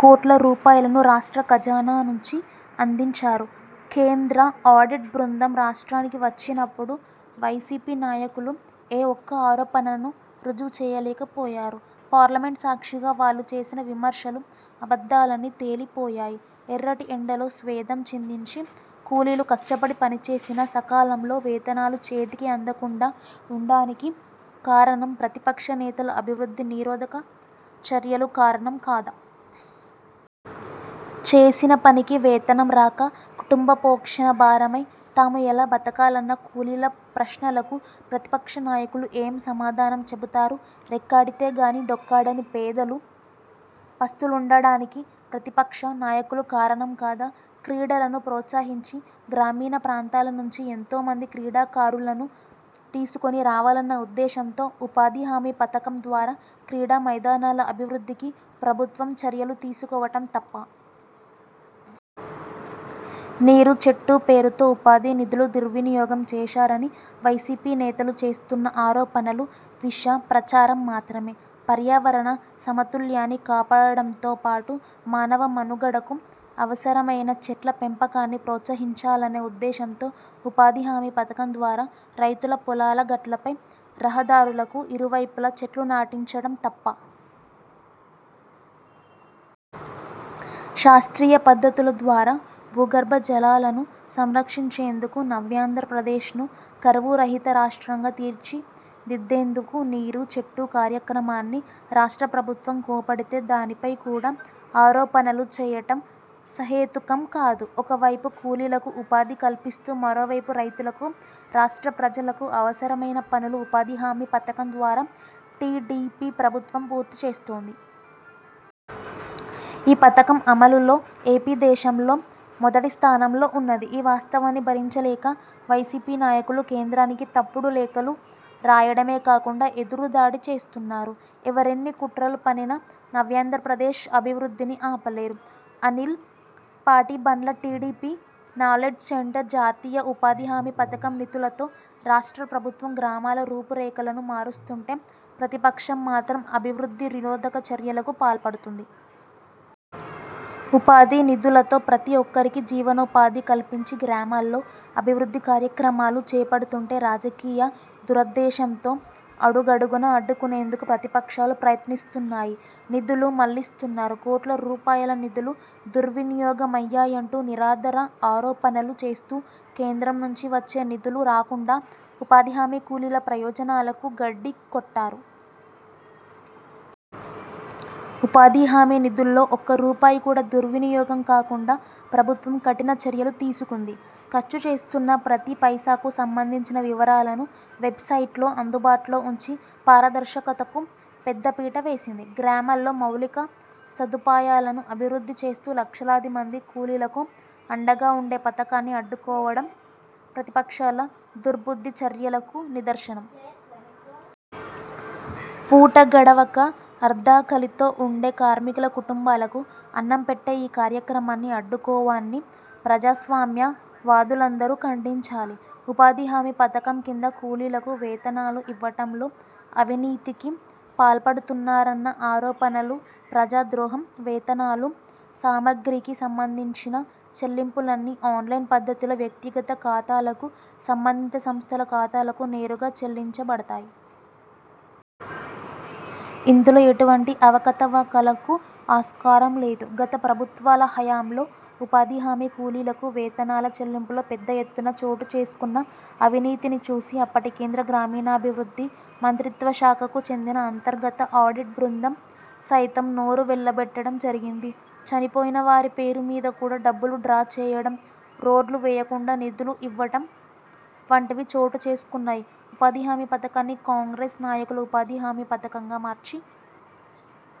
కోట్ల రూపాయలను రాష్ట్ర ఖజానా నుంచి అందించారు. కేంద్ర ఆడిట్ బృందం రాష్ట్రానికి వచ్చినప్పుడు వైసీపీ నాయకులు ఏ ఒక్క ఆరోపణను రుజువు చేయలేకపోయారు. పార్లమెంటు సాక్షిగా వాళ్లు చేసిన విమర్శలు అబద్ధాలని తేలిపోయాయి. ఎర్రటి ఎండలో స్వేదం చిందించి కూలీలు కష్టపడి పనిచేసినా సకాలంలో వేతనాలు చేతికి అందకుండా ఉండానికి కారణం ప్రతిపక్ష నేతల అభివృద్ధి నిరోధక చర్యలు కారణం కాదా? చేసిన పనికి వేతనం రాక, కుటుంబ పోషణ భారమై, తాము ఎలా బతకాలన్న కూలీల ప్రశ్నలకు ప్రతిపక్ష నాయకులు ఏం సమాధానం చెబుతారు? రెక్కాడితే గానీ డొక్కాడని పేదలు పస్తులుండడానికి ప్రతిపక్ష నాయకులు కారణం కాదా? క్రీడలను ప్రోత్సహించి గ్రామీణ ప్రాంతాల నుంచి ఎంతో మంది క్రీడాకారులను తీసుకొని రావాలన్న ఉద్దేశంతో ఉపాధి హామీ పథకం ద్వారా క్రీడా మైదానాల అభివృద్ధికి ప్రభుత్వం చర్యలు తీసుకోవటం తప్పా? నీరు–చెట్టు పేరుతో ఉపాధి నిధులు దుర్వినియోగం చేశారని వైసీపీ నేతలు చేస్తున్న ఆరోపణలు విష ప్రచారం మాత్రమే. పర్యావరణ సమతుల్యాన్ని కాపాడడంతో పాటు మానవ మనుగడకు అవసరమైన చెట్ల పెంపకాన్ని ప్రోత్సహించాలనే ఉద్దేశంతో ఉపాధి హామీ పథకం ద్వారా రైతుల పొలాల గట్లపై, రహదారులకు ఇరువైపుల చెట్లు నాటించటం తప్పా? శాస్త్రీయ పద్ధతుల ద్వారా భూగర్భ జలాలను సంరక్షించేందుకు నవ్యాంధ్రప్రదేశ్ను కరువు రహిత రాష్ట్రంగా తీర్చిదిద్దేందుకు నీరు–చెట్టు కార్యక్రమాన్ని రాష్ట్ర ప్రభుత్వం కోపడితే దానిపై కూడా ఆరోపణలు చేయటం సహేతుకం కాదు. ఒక వైపు కూలీలకు ఉపాధి కల్పిస్తూ మరోవైపు రైతులకు, రాష్ట్ర ప్రజలకు అవసరమైన పనులు ఉపాధిహామీ పథకం ద్వారా టీడీపీ ప్రభుత్వం పూర్తి చేస్తోంది. ఈ పథకం అమలులో ఏపీ దేశంలో మొదటి స్థానంలో ఉన్నది. ఈ వాస్తవాన్ని భరించలేక వైసీపీ నాయకులు కేంద్రానికి తప్పుడు లేఖలు రాయడమే కాకుండా ఎదురుదాడి చేస్తున్నారు. ఎవరెన్ని కుట్రలు పన్నినా నవ్యాంధ్రప్రదేశ్ అభివృద్ధిని ఆపలేరు. అనిల్ పాటిబండ్లటీడీపీ నాలెడ్జ్ సెంటర్ జాతీయ ఉపాధి హామీ పథకం నిధులతో రాష్ట్ర ప్రభుత్వం గ్రామాల రూపురేఖలను మారుస్తుంటే, ప్రతిపక్షం మాత్రం అభివృద్ధి నిరోధక చర్యలకు పాల్పడుతుంది. ఉపాధి నిధులతో ప్రతి ఒక్కరికీ జీవనోపాధి కల్పించి గ్రామాల్లో అభివృద్ధి కార్యక్రమాలు చేపడుతుంటే రాజకీయ దురుద్దేశంతో అడుగడుగునా అడ్డుకునేందుకు ప్రతిపక్షాలు ప్రయత్నిస్తున్నాయి. నిధులు మళ్లిస్తున్నారు, కోట్ల రూపాయల నిధులు దుర్వినియోగమయ్యాయంటూ నిరాధార ఆరోపణలు చేస్తూ కేంద్రం నుంచి వచ్చే నిధులు రాకుండా ఉపాధిహామీ కూలీల ప్రయోజనాలకు గండికొట్టారు. ఉపాధిహామీ నిధుల్లో ఒక్కరూపాయి కూడా దుర్వినియోగం కాకుండా ప్రభుత్వం కఠిన చర్యలు తీసుకుంది. ఖర్చుచేస్తున్న ప్రతి పైసాకు సంబంధించిన వివరాలను వెబ్సైట్లో అందుబాటులో ఉంచి పారదర్శకతకు పెద్దపీట వేసింది. గ్రామాల్లో మౌలిక సదుపాయాలను అభివృద్ధి చేస్తూ లక్షలాది మంది కూలీలకు అండగా ఉండే పథకాన్ని అడ్డుకోవడం ప్రతిపక్షాల దుర్బుద్ధి చర్యలకు నిదర్శనం. పూట గడవక అర్ధాకలితో ఉండే కార్మికుల కుటుంబాలకు అన్నం పెట్టే ఈ కార్యక్రమాన్ని అడ్డుకోవాన్ని ప్రజాస్వామ్య వాదులందరూ ఖండించాలి. ఉపాధి హామీ పథకం కింద కూలీలకు వేతనాలు ఇవ్వటంలో అవినీతికి పాల్పడుతున్నారన్న ఆరోపణలు ప్రజా ద్రోహం. వేతనాలు, సామగ్రికి సంబంధించిన చెల్లింపులన్నీ ఆన్లైన్ పద్ధతిలో వ్యక్తిగత ఖాతాలకు, సంబంధిత సంస్థల ఖాతాలకు నేరుగా చెల్లించబడతాయి. ఇందులో ఎటువంటి అవకతవకలకు ఆస్కారం లేదు. గత ప్రభుత్వాల హయాంలో ఉపాధి హామీ కూలీలకు వేతనాల చెల్లింపులో పెద్ద ఎత్తున చోటుచేసుకున్న అవినీతిని చూసి అప్పటి కేంద్ర గ్రామీణాభివృద్ధి మంత్రిత్వ శాఖకు చెందిన అంతర్గత ఆడిట్ బృందం సైతం నోరు వెళ్లబెట్టడం జరిగింది. చనిపోయినవారి పేరుమీద కూడా డబ్బులు డ్రా చేయటం, రోడ్లు వేయకుండా నిధులు ఇవ్వటం వంటివి చోటు చేసుకున్నాయి. ఉపాధి హామీ పథకాన్ని కాంగ్రెస్ నాయకుల ఉపాధి హామీ పథకంగా మార్చి